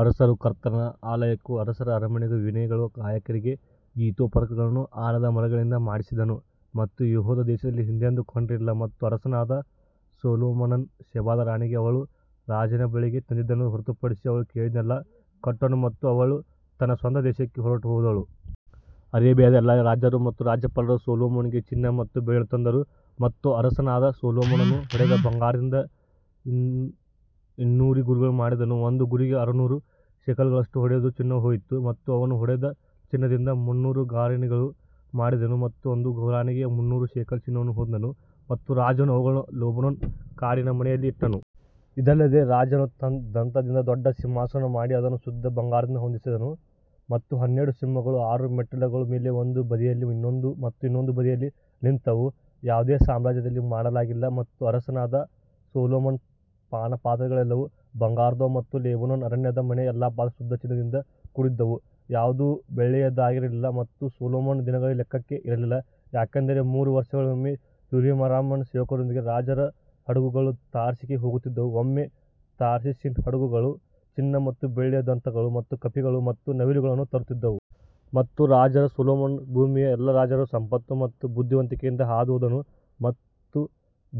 ಅರಸನು ಕರ್ತನ ಆಲಯಕ್ಕೂ ಅರಸರ ಅರಮನೆಗೂ ವೀಣೆಗಳನ್ನೂ ಗಾಯಕರಿಗೆ ಗೀತೋಪಕರಣಗಳನ್ನೂ ಆಲದ ಮರಗಳಿಂದ ಮಾಡಿಸಿದನು ಮತ್ತು ಯೆಹೂದ ದೇಶದಲ್ಲಿ ಹಿಂದೆಂದೂ ಕಂಡಿರಲಿಲ್ಲ. ಮತ್ತು ಅರಸನಾದ ಸೊಲೊಮೋನನು ಶೆಬಾದ ರಾಣಿಗೆ ಅವಳು ರಾಜನ ಬಳಿಗೆ ತಂದಿದ್ದನ್ನು ಹೊರತುಪಡಿಸಿ ಅವಳು ಕೇಳಿದ್ದನ್ನೆಲ್ಲಾ ಕೊಟ್ಟನು ಮತ್ತು ಅವಳು ತನ್ನ ಸ್ವಂತ ದೇಶಕ್ಕೆ ಹೊರಟುಹೋದಳು. ಅರೇಬಿಯಾದ ಎಲ್ಲಾ ರಾಜರು ಮತ್ತು ರಾಜ್ಯಪಾಲರು ಸೊಲೊಮೋನನಿಗೆ ಚಿನ್ನ ಮತ್ತು ಬೆಳ್ಳಿಯನ್ನು ತಂದರು. ಮತ್ತು ಅರಸನಾದ ಸೊಲೊಮೋನನು ಹೊಡೆದ ಬಂಗಾರದಿಂದ ಇನ್ನೂರು ಗುರಿಗಳನ್ನು ಮಾಡಿದನು, ಒಂದು ಗುರಿಗೆ ಆರುನೂರು ಶೆಕೆಲ್ಗಳಷ್ಟು ಹೊಡೆದ ಚಿನ್ನವು ಹೋಯಿತು. ಮತ್ತು ಅವನು ಹೊಡೆದ ಚಿನ್ನದಿಂದ ಮುನ್ನೂರು ಗುರಾಣಿಗಳನ್ನು ಮಾಡಿದನು ಮತ್ತು ಒಂದು ಗುರಾಣಿಗೆ ಮುನ್ನೂರು ಶೇಕೆಲ್ ಚಿನ್ನವನ್ನು ಹೋದನು ಮತ್ತು ರಾಜನು ಅವುಗಳನ್ನು ಲೆಬನೋನ್ ಕಾಡಿನ ಮನೆಯಲ್ಲಿ ಇಟ್ಟನು. ಇದಲ್ಲದೆ ರಾಜನು ದಂತದಿಂದ ದೊಡ್ಡ ಸಿಂಹಾಸನವನ್ನು ಮಾಡಿ ಅದನ್ನು ಶುದ್ಧ ಬಂಗಾರದಿಂದ ಹೊದಿಸಿದನು ಮತ್ತು ಹನ್ನೆರಡು ಸಿಂಹಗಳು ಆರು ಮೆಟ್ಟಿಲುಗಳ ಮೇಲೆ ಒಂದು ಬದಿಯಲ್ಲಿ ಮತ್ತು ಇನ್ನೊಂದು ಬದಿಯಲ್ಲಿ ನಿಂತವು, ಯಾವುದೇ ಸಾಮ್ರಾಜ್ಯದಲ್ಲಿ ಮಾಡಲಾಗಿಲ್ಲ. ಮತ್ತು ಅರಸನಾದ ಸೊಲೊಮೋನನ ಪಾನಪಾತ್ರೆಗಳೆಲ್ಲವೂ ಬಂಗಾರದವು ಮತ್ತು ಲೆಬನೋನ್ ಅರಣ್ಯದ ಮನೆಯ ಎಲ್ಲಾ ಪಾತ್ರೆಗಳು ಶುದ್ಧ ಚಿನ್ನದಿಂದ ಕೂಡಿದ್ದವು ಯಾವುದೂ ಬೆಳ್ಳಿಯದ್ದಾಗಿರಲಿಲ್ಲ, ಅದು ಸೊಲೊಮೋನನ ದಿನಗಳಲ್ಲಿ ಲೆಕ್ಕಕ್ಕೆ ಇರಲಿಲ್ಲ ಯಾಕಂದರೆ ಮೂರು ವರ್ಷಗಳಿಗೊಮ್ಮೆ ಹ್ಯೂರಾಮನ ಸೇವಕರೊಂದಿಗೆ ರಾಜರ ಹಡಗುಗಳು ತಾರ್ಷೀಷಿಗೆ ಹೋಗುತ್ತಿದ್ದವು, ಒಮ್ಮೆ ತಾರ್ಷೀಷಿನ ಹಡಗುಗಳು ಚಿನ್ನ ಮತ್ತು ಬೆಳ್ಳಿಯ ದಂತಗಳನ್ನು ಮತ್ತು ಕಪಿಗಳು ಮತ್ತು ನವಿಲುಗಳನ್ನು ತರುತ್ತಿದ್ದವು. ಮತ್ತು ರಾಜ ಸೊಲೊಮೋನನು ಭೂಮಿಯ ಎಲ್ಲಾ ರಾಜರನ್ನು ಸಂಪತ್ತು ಮತ್ತು ಬುದ್ಧಿವಂತಿಕೆಯಿಂದ ಹಾದುಹೋದನು ಮತ್ತು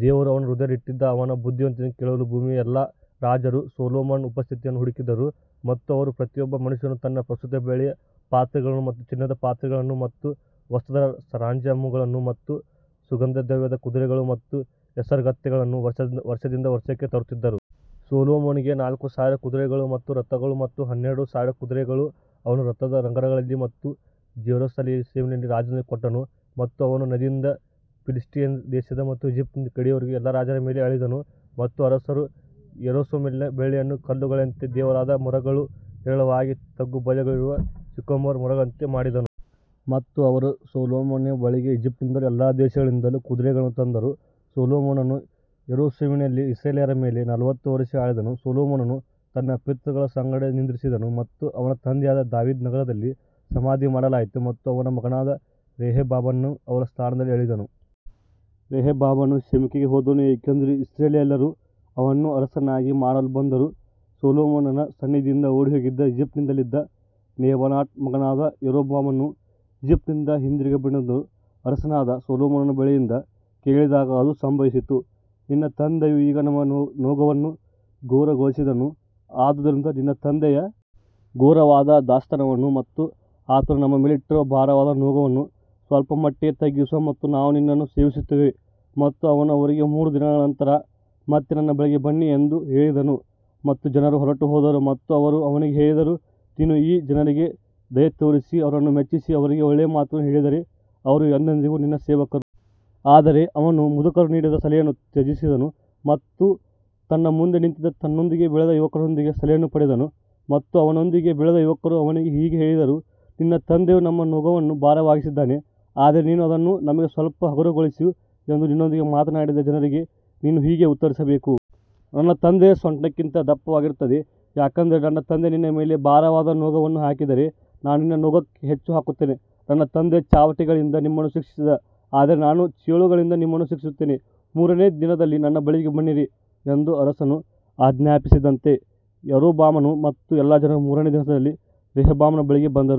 ದೇವರು ಅವನ ಹೃದಯದಲ್ಲಿ ಇಟ್ಟಿದ್ದ ಅವನ ಬುದ್ಧಿವಂತಿಕೆಯನ್ನು ಕೇಳಲು ಭೂಮಿಯ ಎಲ್ಲಾ ರಾಜರು ಸೊಲೊಮೋನನ ಉಪಸ್ಥಿತಿಯನ್ನು ಹುಡುಕಿದರು. ಮತ್ತು ಅವರು ಪ್ರತಿಯೊಬ್ಬ ಮನುಷ್ಯನು ತನ್ನ ಪ್ರಸ್ತುತ ಬೆಳ್ಳಿಯ ಪಾತ್ರೆಗಳನ್ನು ಮತ್ತು ಚಿನ್ನದ ಪಾತ್ರೆಗಳನ್ನು ಮತ್ತು ವಸ್ತ್ರದ ಸರಂಜಾಮುಗಳನ್ನು ಮತ್ತು ಸುಗಂಧದ್ರವ್ಯದ ಕುದುರೆಗಳು ಮತ್ತು ಹೇಸರಗತ್ತೆಗಳನ್ನು ವರ್ಷದಿಂದ ವರ್ಷಕ್ಕೆ ತರುತ್ತಿದ್ದರು. ಸೊಲೊಮೋನನಿಗೆ ನಾಲ್ಕು ಸಾವಿರ ಕುದುರೆಗಳು ಮತ್ತು ರಥಗಳು ಮತ್ತು ಹನ್ನೆರಡು ಸಾವಿರ ಕುದುರೆಗಳನ್ನು ಅವನು ರಥದ ನಗರಗಳಲ್ಲಿ ಮತ್ತು ಜೆರುಸಲೇಮಿನಲ್ಲಿ ರಾಜನೊಂದಿಗೆ ಕೊಟ್ಟನು. ಮತ್ತು ಅವನು ನದಿಯಿಂದ ಫಿಲಿಷ್ಟಿಯರ ದೇಶ ಮತ್ತು ಈಜಿಪ್ಟಿನ ಗಡಿಯವರೆಗೂ ಎಲ್ಲಾ ರಾಜರ ಮೇಲೆ ಆಳಿದನು. ಮತ್ತು ಅರಸನು ಯೆರೂಸಲೇಮಿನಲ್ಲಿ ಬೆಳ್ಳಿಯನ್ನು ಕಲ್ಲುಗಳಂತೆಯೂ ದೇವದಾರು ಮರಗಳನ್ನು ಹೇರಳವಾಗಿ ತಗ್ಗು ಬಯಲುಗಳಲ್ಲಿರುವ ಸಿಕೊಮೊರ್ ಮರಗಳಂತೆಯೂ ಮಾಡಿದನು. ಮತ್ತು ಅವರು ಸೊಲೊಮೋನನ ಬಳಿಗೆ ಈಜಿಪ್ಟಿನಿಂದಲೂ ಎಲ್ಲಾ ದೇಶಗಳಿಂದಲೂ ಕುದುರೆಗಳನ್ನು ತಂದರು ಸೊಲೊಮೋನನು ಯೆರೂಸಲೇಮಿನಲ್ಲಿ ಇಸ್ರಾಯೇಲ್ಯರ ಮೇಲೆ ನಲವತ್ತು ವರುಷ ಆಳಿದನು ಸೊಲೊಮೋನನು ತನ್ನ ಪಿತೃಗಳ ಸಂಗಡ ನಿದ್ರಿಸಿದನು ಮತ್ತು ಅವನ ತಂದೆಯಾದ ದಾವೀದನ ನಗರದಲ್ಲಿ ಸಮಾಧಿ ಮಾಡಲಾಯಿತು ಮತ್ತು ಅವನ ಮಗನಾದ ರೆಹಬ್ಬಾಮನು ಅವನ ಸ್ಥಾನದಲ್ಲಿ ಆಳಿದನು. ರೆಹಬ್ಬಾಮನು ಶೆಕೆಮಿಗೆ ಹೋದನು ಏಕೆಂದರೆ ಇಸ್ರಾಯೇಲ್ಯರೆಲ್ಲರೂ ಅವನನ್ನು ಅರಸನನ್ನಾಗಿ ಮಾಡಲು ಬಂದರು ಸೊಲೊಮೋನನ ಸನ್ನಿಧಿಯಿಂದ ಓಡಿಹೋಗಿದ್ದ ಈಜಿಪ್ಟಿನಲ್ಲಿದ್ದ ನೆಬಾಟನ ಮಗನಾದ ಯಾರೊಬ್ಬಾಮನು ಈಜಿಪ್ಟಿನಿಂದ ಹಿಂದಿರುಗಿದನೆಂಬುದನ್ನು ಅರಸನಾದ ಸೊಲೊಮೋನನ ಬಳಿಯಿಂದ ಕೇಳಿದಾಗ ಅದು ಸಂಭವಿಸಿತು. ನಿನ್ನ ತಂದೆಯು ಈಗ ನಮ್ಮ ನೊಗವನ್ನು ಘೋರಗೊಳಿಸಿದನು ಆದುದರಿಂದ ನಿನ್ನ ತಂದೆಯ ಘೋರವಾದ ದಾಸತ್ವವನ್ನು ಮತ್ತು ಆತನು ನಮ್ಮ ಮೇಲೆ ಇಟ್ಟಿರುವ ಭಾರವಾದ ನೊಗವನ್ನು ಸ್ವಲ್ಪಮಟ್ಟಿಗೆ ತಗ್ಗಿಸು ಮತ್ತು ನಾವು ನಿನ್ನನ್ನು ಸೇವಿಸುತ್ತೇವೆ ಮತ್ತು ಅವನು ಅವರಿಗೆ ಮೂರು ದಿನಗಳ ನಂತರ ಮತ್ತೆ ನನ್ನ ಬಳಿಗೆ ಬನ್ನಿ ಎಂದು ಹೇಳಿದನು ಮತ್ತು ಜನರು ಹೊರಟುಹೋದರು ಮತ್ತು ಅವರು ಅವನಿಗೆ ಹೇಳಿದರು, ನೀನು ಈ ಜನರಿಗೆ ದಯೆತೋರಿಸಿ ಅವರನ್ನು ಮೆಚ್ಚಿಸಿ ಅವರಿಗೆ ಒಳ್ಳೆಯ ಮಾತುಗಳನ್ನು ಹೇಳಿದರೆ ಅವರು ಎಂದೆಂದಿಗೂ ನಿನ್ನ ಸೇವಕರು. ಆದರೆ ಅವನು ಮುದುಕರು ನೀಡಿದ ಸಲಹೆಯನ್ನು ತ್ಯಜಿಸಿದನು ಮತ್ತು ತನ್ನ ಮುಂದೆ ನಿಂತಿದ್ದ ತನ್ನೊಂದಿಗೆ ಬೆಳೆದ ಯುವಕರೊಂದಿಗೆ ಸಲಹೆಯನ್ನು ಪಡೆದನು. ಮತ್ತು ಅವನೊಂದಿಗೆ ಬೆಳೆದ ಯುವಕರು ಅವನಿಗೆ ಹೀಗೆ ಹೇಳಿದರು, ನಿನ್ನ ತಂದೆಯು ನಮ್ಮ ನೊಗವನ್ನು ಭಾರವಾಗಿಸಿದ್ದಾನೆ ಆದರೆ ನೀನು ಅದನ್ನು ನಮಗೆ ಸ್ವಲ್ಪ ಹಗುರಗೊಳಿಸು ಎಂದು ನಿನ್ನೊಂದಿಗೆ ಮಾತನಾಡಿದ ಜನರಿಗೆ ನೀನು ಹೀಗೆ ಉತ್ತರಿಸಬೇಕು. ನನ್ನ ತಂದೆಯ ಸೊಂಟಕ್ಕಿಂತ ದಪ್ಪವಾಗಿರುತ್ತದೆ ಯಾಕಂದರೆ ನನ್ನ ತಂದೆ ನಿನ್ನ ಮೇಲೆ ಭಾರವಾದ ನೊಗವನ್ನು ಹಾಕಿದರೆ ನಾನು ನಿನ್ನ ನೊಗಕ್ಕೆ ಹೆಚ್ಚು ಹಾಕುತ್ತೇನೆ ನನ್ನ ತಂದೆ ಚಾವಟಿಗಳಿಂದ ನಿಮ್ಮನ್ನು ಶಿಕ್ಷಿಸಿದ ಆದರೆ ನಾನು ಚೇಳುಗಳಿಂದ ನಿಮ್ಮನ್ನು ಶಿಕ್ಷಿಸುತ್ತೇನೆ ಮೂರನೆಯ ದಿನದಲ್ಲಿ ನನ್ನ ಬಳಿಗೆ ಬನ್ನಿರಿ ಎಂದು ಅರಸನು ಆಜ್ಞಾಪಿಸಿದಂತೆ ಯಾರೊಬ್ಬಾಮನು ಮತ್ತು ಎಲ್ಲಾ ಜನರು ಮೂರನೆಯ ದಿನದಲ್ಲಿ ರೆಹಬ್ಬಾಮನ ಬಳಿಗೆ ಬಂದರು.